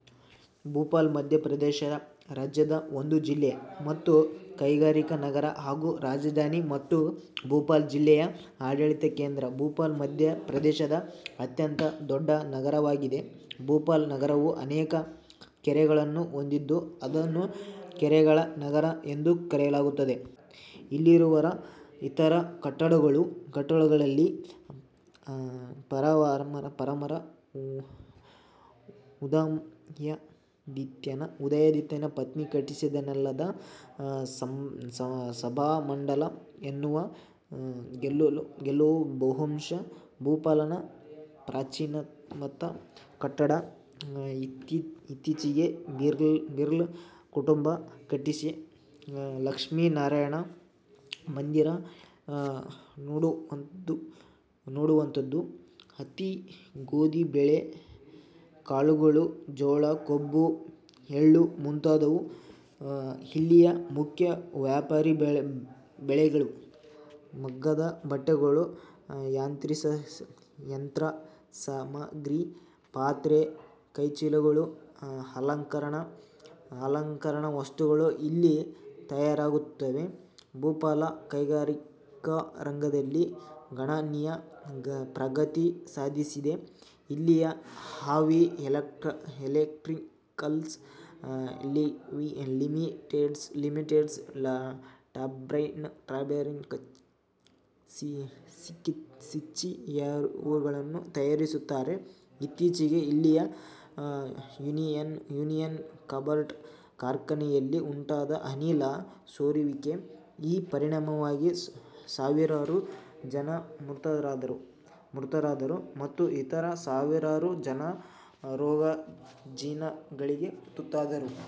ಭೋಪಾಲ್ ಮಧ್ಯ ಪ್ರದೇಶ ರಾಜ್ಯದ ಒಂದು ಜಿಲ್ಲೆ, ಮತ್ತು ಕೈಗಾರಿಕಾ ನಗರ ಹಾಗೂ ರಾಜಧಾನಿ ಮತ್ತು ಭೋಪಾಲ್ ಜಿಲ್ಲೆ ಯ ಆಡಳಿತ ಕೇಂದ್ರ. ಭೋಪಾಲ್ ಮಧ್ಯ ಪ್ರದೇಶ ದ ಅತ್ಯಂತ ದೊಡ್ಡ ನಗರವಾಗಿದೆ. ಭೋಪಾಲ್ ನಗರವು ಅನೇಕ ಕೆರೆಗಳನ್ನು ಹೊಂದಿದ್ದು ಅದನ್ನು ಕೆರೆಗಳ ನಗರ ಎಂದು ಕರೆಯಲಾಗುತ್ತದೆ. ಇಲ್ಲಿರುವ ಇತರ ಕಟ್ಟಡಗಳಲ್ಲಿ ಪರಮಾರ ಉದಯಾದಿತ್ಯನ ಪತ್ನಿ ಕಟ್ಟಿಸಿದೆನ್ನಲಾದ ಸಭಾಮಂಡಲ ಎನ್ನುವ ದೇಗುಲ ಬಹುಶಃ ಭೂಪಾಲದ ಪ್ರಾಚೀನತಮ ಕಟ್ಟಡ. ಈಚೆಗೆ ಬಿರ್ಲಾ ಕುಟುಂಬ ಕಟ್ಟಿಸಿದ ಲಕ್ಷ್ಮೀನಾರಾಯಣ ಮಂದಿರ ನೋಡುವಂಥದ್ದು. ಹತ್ತಿ, ಗೋಧಿ, ಬೇಳೆ ಕಾಳುಗಳು, ಜೋಳ, ಕಬ್ಬು, ಎಳ್ಳು ಮುಂತಾದವು ಇಲ್ಲಿಯ ಮುಖ್ಯ ವ್ಯಾಪಾರಿ ಬೆಳೆಗೆಳು. ಮಗ್ಗದ ಬಟ್ಟೆಗಳು, ಯಂತ್ರಸಾಮಗ್ರಿ, ಪಾತ್ರೆ, ಕೈಚೀಲಗಳು, ಅಲಂಕರಣ ವಸ್ತುಗಳು ಇಲ್ಲಿ ತಯಾರಾಗುತ್ತವೆ. ಭೂಪಾಲ ಕೈಗಾರಿಕಾರಂಗದಲ್ಲಿ ಗಣನೀಯ ಪ್ರಗತಿ ಸಾಧಿಸಿದೆ. ಇಲ್ಲಿಯ ಹೆವಿ ಎಲೆಕ್ಟ್ರಿಕಲ್ಸ್ ಲಿಮಿಟೆಡ್ನಲ್ಲಿ ಟರ್ಬೈನ್, ಸಿಚ್ಗಿಯರುಗಳನ್ನು ತಯಾರಿಸುತ್ತಾರೆ. ಈಚೆಗೆ ಇಲ್ಲಿಯ ಯೂನಿಯನ್ ಕಾರ್ಬೈಡ್ ಕಾರ್ಖಾನೆಯಲ್ಲಿ ಉಂಟಾದ ಅನಿಲ ಸೋರುವಿಕೆ ಯ ಪರಿಣಾಮವಾಗಿ ಸಾವಿರಾರು ಜನ ಮೃತರಾದರು ಮತ್ತು ಇತರ ಸಾವಿರಾರು ಜನ ರೋಗರುಜಿನಗಳಿಗೆ ತುತ್ತಾದರು.